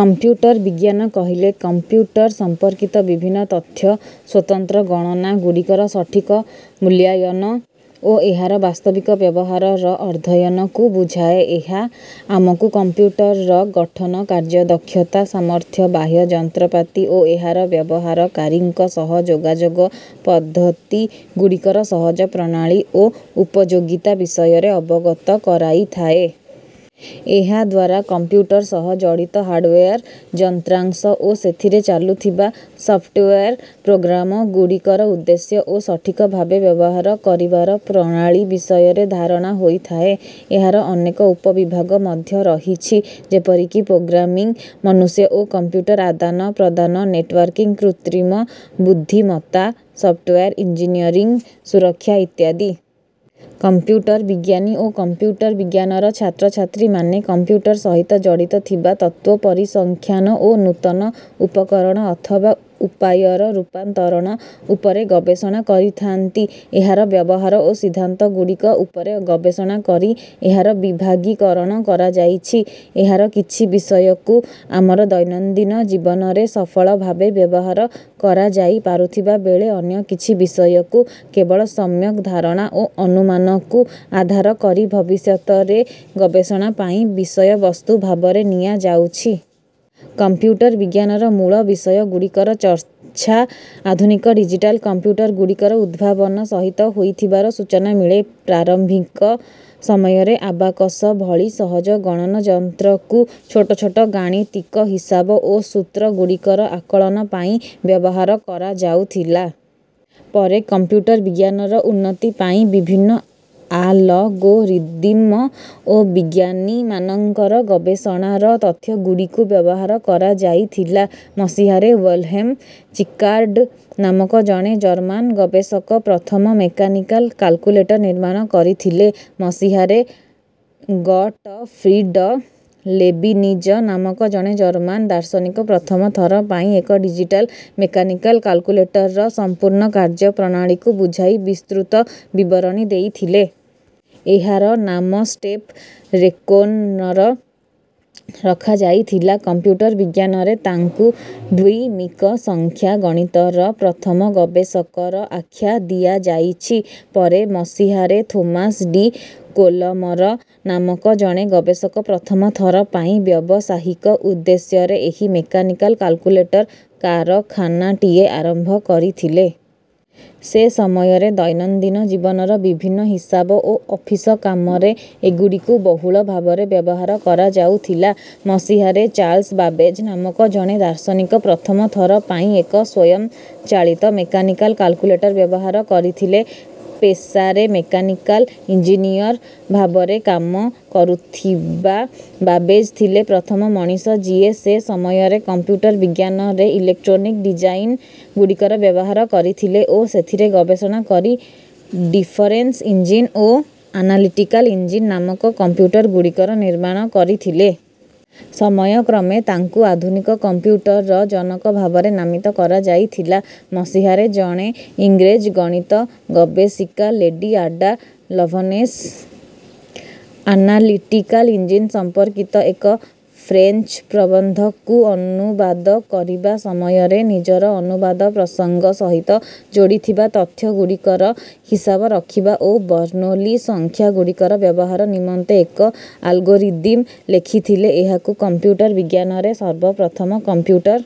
Computer ବିଜ୍ଞାନ କହିଲେ computer ସମ୍ପର୍କିତ ବିଭିନ୍ନ ତଥା ସ୍ୱତନ୍ତ୍ର ଗଣନା ଗୁଡ଼ିକର ସଠିକ ମୂଲ୍ୟାୟନ ଓ ଏହାର ବାସ୍ତବିକ ବ୍ୟବହାରର ଅଧ୍ୟୟନକୁ ବୁଝାଏ। ଏହା ଆମକୁ କମ୍ପ୍ୟୁଟରର ଗଠନ, କାର୍ଯ୍ୟ ଦକ୍ଷତା, ସମର୍ଥ୍ୟ, ବାହ୍ୟ ଯନ୍ତ୍ରପାତି ଓ ଏହାର ବ୍ୟବହାରକାରୀଙ୍କ ସହ ଯୋଗାଯୋଗ ପଦ୍ଧତି ଗୁଡ଼ିକର ସହଜ ପ୍ରଣାଳୀ ଓ ଉପଯୋଗିତା ବିଷୟରେ ଅବଗତ କରାଇଥାଏ। ଏହାଦ୍ୱାରା କମ୍ପ୍ୟୁଟର ସହ ଜଡ଼ିତ ହାର୍ଡୱେର ଯନ୍ତ୍ରାଂଶ ଓ ସେଥିରେ ଚାଲୁଥିବା ସଫ୍ଟୱେର ପ୍ରୋଗ୍ରାମଗୁଡ଼ିକର ଉଦ୍ଦେଶ୍ୟ ଓ ସଠିକ ଭାବେ ବ୍ୟବହାର କରିବାର ପ୍ରଣାଳୀ ବିଷୟରେ ଧାରଣା ହୋଇଥାଏ। ଏହାର ଅନେକ ଉପ ବିଭାଗ ମଧ୍ୟ ରହିଛି, ଯେପରିକି ପ୍ରୋଗ୍ରାମିଂ, ମନୁଷ୍ୟ ଓ କମ୍ପ୍ୟୁଟର ଆଦାନ ପ୍ରଦାନ, ନେଟୱର୍କିଂ, କୃତ୍ରିମ ବୁଦ୍ଧିମତ୍ତା, ସଫ୍ଟୱେର ଇଞ୍ଜିନିୟରିଂ, ସୁରକ୍ଷା ଇତ୍ୟାଦି। କମ୍ପ୍ୟୁଟର ବିଜ୍ଞାନୀ ଓ କମ୍ପ୍ୟୁଟର ବିଜ୍ଞାନର ଛାତ୍ରଛାତ୍ରୀମାନେ କମ୍ପ୍ୟୁଟର ସହିତ ଜଡ଼ିତ ଥିବା ତତ୍ତ୍ୱ, ପରିସଂଖ୍ୟାନ ଓ ନୂତନ ଉପକରଣ ଅଥବା ଉପାୟର ରୂପାନ୍ତରଣ ଉପରେ ଗବେଷଣା କରିଥାନ୍ତି। ଏହାର ବ୍ୟବହାର ଓ ସିଦ୍ଧାନ୍ତ ଗୁଡ଼ିକ ଉପରେ ଗବେଷଣା କରି ଏହାର ବିଭାଗୀକରଣ କରାଯାଇଛି। ଏହାର କିଛି ବିଷୟକୁ ଆମର ଦୈନନ୍ଦିନ ଜୀବନରେ ସଫଳ ଭାବେ ବ୍ୟବହାର କରାଯାଇପାରୁଥିବା ବେଳେ, ଅନ୍ୟ କିଛି ବିଷୟକୁ କେବଳ ସମ୍ୟକ ଧାରଣା ଓ ଅନୁମାନକୁ ଆଧାର କରି ଭବିଷ୍ୟତରେ ଗବେଷଣା ପାଇଁ ବିଷୟବସ୍ତୁ ଭାବରେ ନିଆଯାଉଛି। କମ୍ପ୍ୟୁଟର ବିଜ୍ଞାନର ମୂଳ ବିଷୟ ଗୁଡ଼ିକର ଚର୍ଚ୍ଛା, ଆଧୁନିକ ଡିଜିଟାଲ କମ୍ପ୍ୟୁଟର ଗୁଡ଼ିକର ଉଦ୍ଭାବନ ସହିତ ହୋଇଥିବାର ସୂଚନା ମିଳେ। ପ୍ରାରମ୍ଭିକ ସମୟରେ ଆବାକସ ଭଳି ସହଜ ଗଣନ ଯନ୍ତ୍ରକୁ ଛୋଟ ଛୋଟ ଗାଣିତିକ ହିସାବ ଓ ସୂତ୍ର ଗୁଡ଼ିକର ଆକଳନ ପାଇଁ ବ୍ୟବହାର କରାଯାଉଥିଲା। ପରେ କମ୍ପ୍ୟୁଟର ବିଜ୍ଞାନର ଉନ୍ନତି ପାଇଁ ବିଭିନ୍ନ ଆଲଗୋରିଦିମ ଓ ବିଜ୍ଞାନୀମାନଙ୍କର ଗବେଷଣାର ତଥ୍ୟ ଗୁଡ଼ିକୁ ବ୍ୟବହାର କରାଯାଇଥିଲା। ମସିହାରେ ୱିଲହେମ ଚିକାର୍ଡ ନାମକ ଜଣେ ଜର୍ମାନ ଗବେଷକ ପ୍ରଥମ ମେକାନିକାଲ କାଲକୁଲେଟର ନିର୍ମାଣ କରିଥିଲେ। ମସିହାରେ ଗଟଫ୍ରିଡ ଲେବିନିଜ ନାମକ ଜଣେ ଜର୍ମାନ ଦାର୍ଶନିକ ପ୍ରଥମ ଥର ପାଇଁ ଏକ ଡିଜିଟାଲ ମେକାନିକାଲ କାଲକୁଲେଟରର ସମ୍ପୂର୍ଣ୍ଣ କାର୍ଯ୍ୟ ପ୍ରଣାଳୀକୁ ବୁଝାଇ ବିସ୍ତୃତ ବିବରଣୀ ଦେଇଥିଲେ। ଏହାର ନାମ ଷ୍ଟେପ ରେକୋନର ରଖାଯାଇଥିଲା। କମ୍ପ୍ୟୁଟର ବିଜ୍ଞାନରେ ତାଙ୍କୁ ଦ୍ୱିମିକ ସଂଖ୍ୟା ଗଣିତର ପ୍ରଥମ ଗବେଷକର ଆଖ୍ୟା ଦିଆଯାଇଛି। ପରେ ମସିହାରେ ଥୋମାସ ଡି କୋଲମର ନାମକ ଜଣେ ଗବେଷକ ପ୍ରଥମ ଥର ପାଇଁ ବ୍ୟବସାୟିକ ଉଦ୍ଦେଶ୍ୟରେ ଏହି ମେକାନିକାଲ କାଲକୁଲେଟର କାରଖାନାଟିଏ ଆରମ୍ଭ କରିଥିଲେ। ସେ ସମୟରେ ଦୈନନ୍ଦିନ ଜୀବନର ବିଭିନ୍ନ ହିସାବ ଓ ଅଫିସ କାମରେ ଏଗୁଡ଼ିକୁ ବହୁଳ ଭାବରେ ବ୍ୟବହାର କରାଯାଉଥିଲା। ମସିହାରେ ଚାର୍ଲ୍ସ ବାବେଜ ନାମକ ଜଣେ ଦାର୍ଶନିକ ପ୍ରଥମ ଥର ପାଇଁ ଏକ ସ୍ୱୟଂଚାଳିତ ମେକାନିକାଲ କାଲକୁଲେଟର ବ୍ୟବହାର କରିଥିଲେ। ପେସାରେ ମେକାନିକାଲ ଇଞ୍ଜିନିୟର ଭାବରେ କାମ କରୁଥିବା ବାବେଜ ଥିଲେ ପ୍ରଥମ ମଣିଷ, ଯିଏ ସେ ସମୟରେ କମ୍ପ୍ୟୁଟର ବିଜ୍ଞାନରେ ଇଲେକ୍ଟ୍ରୋନିକ ଡିଜାଇନ ଗୁଡ଼ିକର ବ୍ୟବହାର କରିଥିଲେ ଓ ସେଥିରେ ଗବେଷଣା କରି ଡିଫରେନ୍ସ ଇଞ୍ଜିନ ଓ ଆନାଲିଟିକାଲ ଇଞ୍ଜିନ ନାମକ କମ୍ପ୍ୟୁଟର ଗୁଡ଼ିକର ନିର୍ମାଣ କରିଥିଲେ। ସମୟ କ୍ରମେ ତାଙ୍କୁ ଆଧୁନିକ କମ୍ପ୍ୟୁଟରର ଜନକ ଭାବରେ ନାମିତ କରାଯାଇଥିଲା। ମସିହାରେ ଜଣେ ଇଂରେଜ ଗଣିତ ଗବେଷିକା lady Ada Lovelace, analytical engine ସମ୍ପର୍କିତ ଏକ ଫ୍ରେଞ୍ଚ ପ୍ରବନ୍ଧକୁ ଅନୁବାଦ କରିବା ସମୟରେ ନିଜର ଅନୁବାଦ ପ୍ରସଙ୍ଗ ସହିତ ଯୋଡ଼ିଥିବା ତଥ୍ୟ ଗୁଡ଼ିକର ହିସାବ ରଖିବା ଓ ବର୍ଣ୍ଣୋଲି ସଂଖ୍ୟା ଗୁଡ଼ିକର ବ୍ୟବହାର ନିମନ୍ତେ ଏକ ଆଲଗୋରିଦିମ ଲେଖିଥିଲେ। ଏହାକୁ କମ୍ପ୍ୟୁଟର ବିଜ୍ଞାନରେ ସର୍ବପ୍ରଥମ କମ୍ପ୍ୟୁଟର